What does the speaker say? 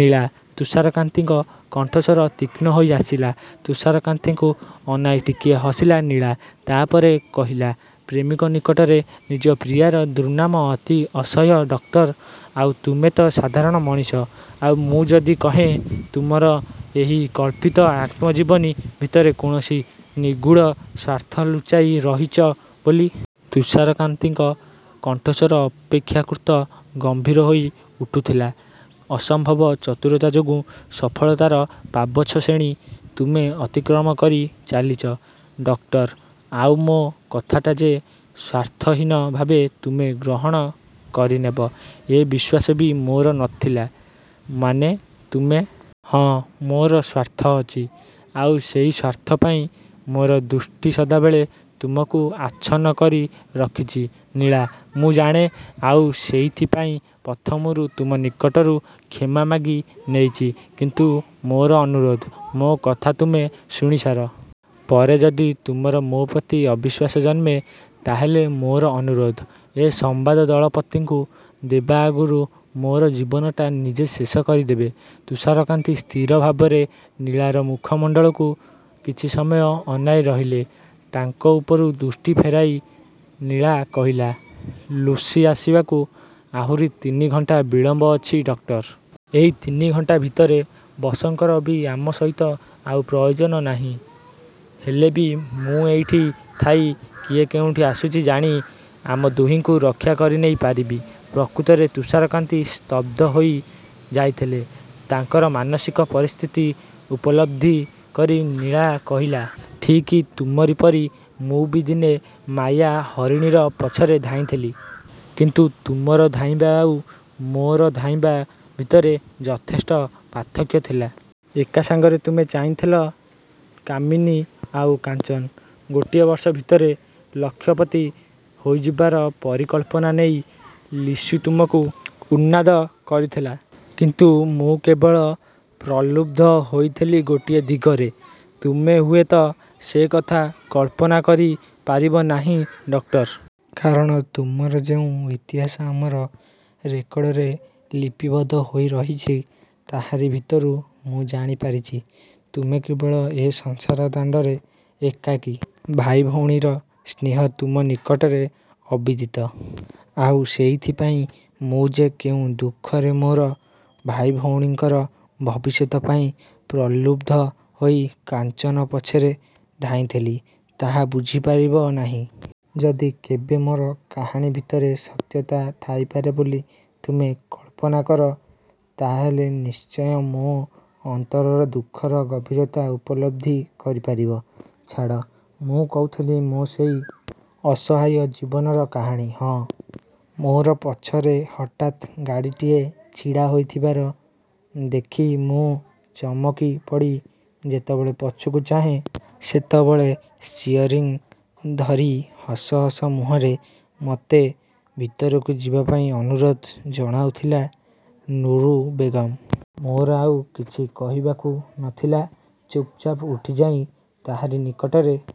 ଲୀଳା! ତୁଷାରକାନ୍ତିଙ୍କ କଣ୍ଠସ୍ୱର ତୀକ୍ଷ୍ଣ ହୋଇ ଆସିଲା। ତୁଷାରକାନ୍ତିଙ୍କୁ ଅନାଇ ଟିକିଏ ହସିଲା ଲୀଳା। ତା ପରେ କହିଲା-ପ୍ରେମିକ ନିକଟରେ ନିଜ ପ୍ରିୟାର ଦୁର୍ନାମ ଅତି ଅସହ୍ୟ ଡକ୍ଟର-। ଆଉ ତୁମେ ତ ସାଧାରଣ ମଣିଷ। ଆଉ ମୁଁ ଯଦି କହେଁ; ତୁମର ଏହି କଳ୍ପିତ ଆତ୍ମଜୀବନୀ ଭିତରେ କୌଣସି ନିଗୂଢ଼ ସ୍ୱାର୍ଥ ଲୁଚାଇ ରଖିଛ ବୋଲି? ତୁଷାରକାନ୍ତିଙ୍କ କଣ୍ଠସ୍ୱର ଅପେକ୍ଷାକୃତ ଗମ୍ଭୀର ହୋଇ ଉଠୁଥିଲା। ଅସମ୍ଭବ ଚତୁରତା ଯୋଗୁଁ ସଫଳତାର ପାବଚ୍ଛଶ୍ରେଣୀ ତୁମେ ଅତିକ୍ରମ କରି ଚାଲିଛ; ଡକ୍ଟର। ଆଉ ମୋ କଥାଟା ଯେ ସ୍ୱାର୍ଥହୀନ ଭାବେ ତୁମେ ଗ୍ରହଣ କରିନେବ, ଏ ବିଶ୍ୱାସ ବି ମୋର ନ ଥିଲା। ମାନେ? ତୁମେ ହଁ, ମୋର ସ୍ୱାର୍ଥ ଅଛି। ଆଉ ସେହି ସ୍ୱାର୍ଥ ପାଇଁ ମୋର ଦୃଷ୍ଟି ସଦାବେଳେ ତୁମକୁ ଆଚ୍ଛନ୍ନ କରିରଖିଛି। ଲୀଳା ମୁଁ ଜାଣେ, ଆଉ ସେଇଥିପାଇଁ ପ୍ରଥମରୁ ତୁମ ନିକଟରୁ କ୍ଷମା ମାଗି ନେଇଛି; କିନ୍ତୁ ମୋର ଅନୁରୋଧ, ମୋ କଥା ତୁମେ ଶୁଣି ସାର। ପରେ ଯଦି ତୁମର ମୋ ପ୍ରତି ଅବିଶ୍ୱାସ ଜନ୍ମେ, ତା ହେଲେ ମୋର ଅନୁରୋଧ, ଏ ସମ୍ବାଦ ଦଳପତିଙ୍କୁ ଦେବା ଆଗରୁ ମୋର ଜୀବନଟା ନିଜେ ଶେଷ କରିଦେବ। ତୁଷାରକାନ୍ତି ସ୍ଥିର ଭାବରେ ଲୀଳାର ମୁଖମଣ୍ଡଳକୁ କିଛି ସମୟ ଅନାଇ ରହିଲେ। ତାଙ୍କ ଉପରୁ ଦୃଷ୍ଟି ଫେରାଇ ଲୀଳା କହିଲା-ଲୁସି ଆସିବାକୁ ଆହୁରି ତିନି ଘଣ୍ଟା ବିଳମ୍ବ ଅଛି ଡକ୍ଟର। ଏହି ତିନି ଘଣ୍ଟା ଭିତରେ ବସଙ୍କର ବି ଆମ ସହିତ ଆଉ ପ୍ରୟୋଜନ ନାହିଁ। ହେଲେ ବି ମୁଁ ଏଇଠି ଥାଇ କିଏ କେଉଁଠୁ ଆସୁଛି ଜାଣି, ଆମ ଦୁହିଙ୍କୁ ରକ୍ଷା କରିନେଇ ପାରିବି। ପ୍ରକୃତରେ ତୁଷାରକାନ୍ତି ସ୍ତବ୍ଧ ହୋଇ ଯାଇଥିଲେ। ତାଙ୍କର ମାନସିକ ପରିସ୍ଥିତି ଉପଲବ୍ଧି କରି ଲୀଳା କହିଲା-ଠିକ୍ ତୁମରି ପରି ମୁଁ ବି ଦିନେ ମାୟା ହରିଣୀର ପଛରେ ଧାଇଁଥିଲି; କିନ୍ତୁ ତୁମର ଧାଇଁବା ଆଉ ମୋର ଧାଇଁବା ଭିତରେ ଯଥେଷ୍ଟ ପାର୍ଥକ୍ୟ ଥିଲା। ଏକା ସାଙ୍ଗରେ ତୁମେ ଚାହିଁଥିଲ କାମିନୀ ଆଉ କାଞ୍ଚନ। ଗୋଟାଏ ବର୍ଷ ଭିତରେ ଲକ୍ଷପତି ହୋଇଯିବାର ପରିକଳ୍ପନା ନେଇ ଲୁସି ତୁମକୁ ଉନ୍ମାଦ କରିଥିଲା। କିନ୍ତୁ ମୁଁ କେବଳ ପ୍ରଲୁବ୍ଧ ହୋଇଥିଲି ଗୋଟିଏ ଦିଗରେ। ତୁମେ ହୁଏ ତ ସେ କଥା କଳ୍ପନା କରି ପାରିବ ନାହିଁ ଡକ୍ଟର। କାରଣ ତୁମର ଯେଉଁ ଇତିହାସ ଆମର ରେକର୍ଡରେ ଲିପିବଦ୍ଧ ହୋଇ ରହିଛି, ତାହାରି ଭିତରୁ ମୁଁ ଜାଣିପାରିଛି, ତୁମେ କେବଳ ଏ ସଂସାର ଦାଣ୍ଡରେ ଏକାକୀ। ଭାଇ ଭଉଣୀର ସ୍ନେହ ତୁମ ନିକଟରେ ଅବିଦିତ। ଆଉ ସେଇଥିପାଇଁ ମୁଁ ଯେ କେଉଁ ଦୁଃଖରେ ମୋର ଭାଇ ଭଉଣୀଙ୍କର ଭବିଷ୍ୟତ ପାଇଁ ପ୍ରଲୁବ୍ଧ ହୋଇ କାଞ୍ଚନ ପଛରେ ଧାଇଁଥିଲି, ତାହା ବୁଝିପାରିବ ନାହିଁ। ଯଦି କେବେ ମୋର କାହାଣୀ ଭିତରେ ସତ୍ୟତା ଥାଇପାରେ ବୋଲି ତୁମେ କଳ୍ପନା କର, ତା ହେଲେ ନିଶ୍ଚୟ ମୋ ଅନ୍ତରର ଦୁଃଖର ଗଭୀରତା ଉପଲବ୍ଧି କରିପାରିବ। ଛାଡ଼, ମୁଁ କହୁଥିଲି ମୋର ସେହି। ଅସହାୟ ଜୀବନର କାହାଣୀ। ହଁ, ମୋର ପଛରେ ହଠାତ୍ ଗାଡ଼ିଟିଏ ଛିଡ଼ା ହୋଇଥିବାର ଦେଖି ମୁଁ ଚକମିପଡ଼ି ଯେତେବେଳେ ପଛକୁ ଚାହେଁ, ସେତେବେଳେ ଷ୍ଚିଅରିଂ ଧରି ହସ ହସ ମୁଖରେ ମୋତେ ଭିତରକୁ ଯିବା ପାଇଁ ଅନୁରୋଧ ଜଣାଉଥିଲା ନୁରୁ ବେଗମ। ମୋର ଆଉ କିଛି କହିବାକୁ ନ ଥିଲା। ଚୁପଚାପ୍ ଉଠିଯାଇ ତାହାରି ନିକଟରେ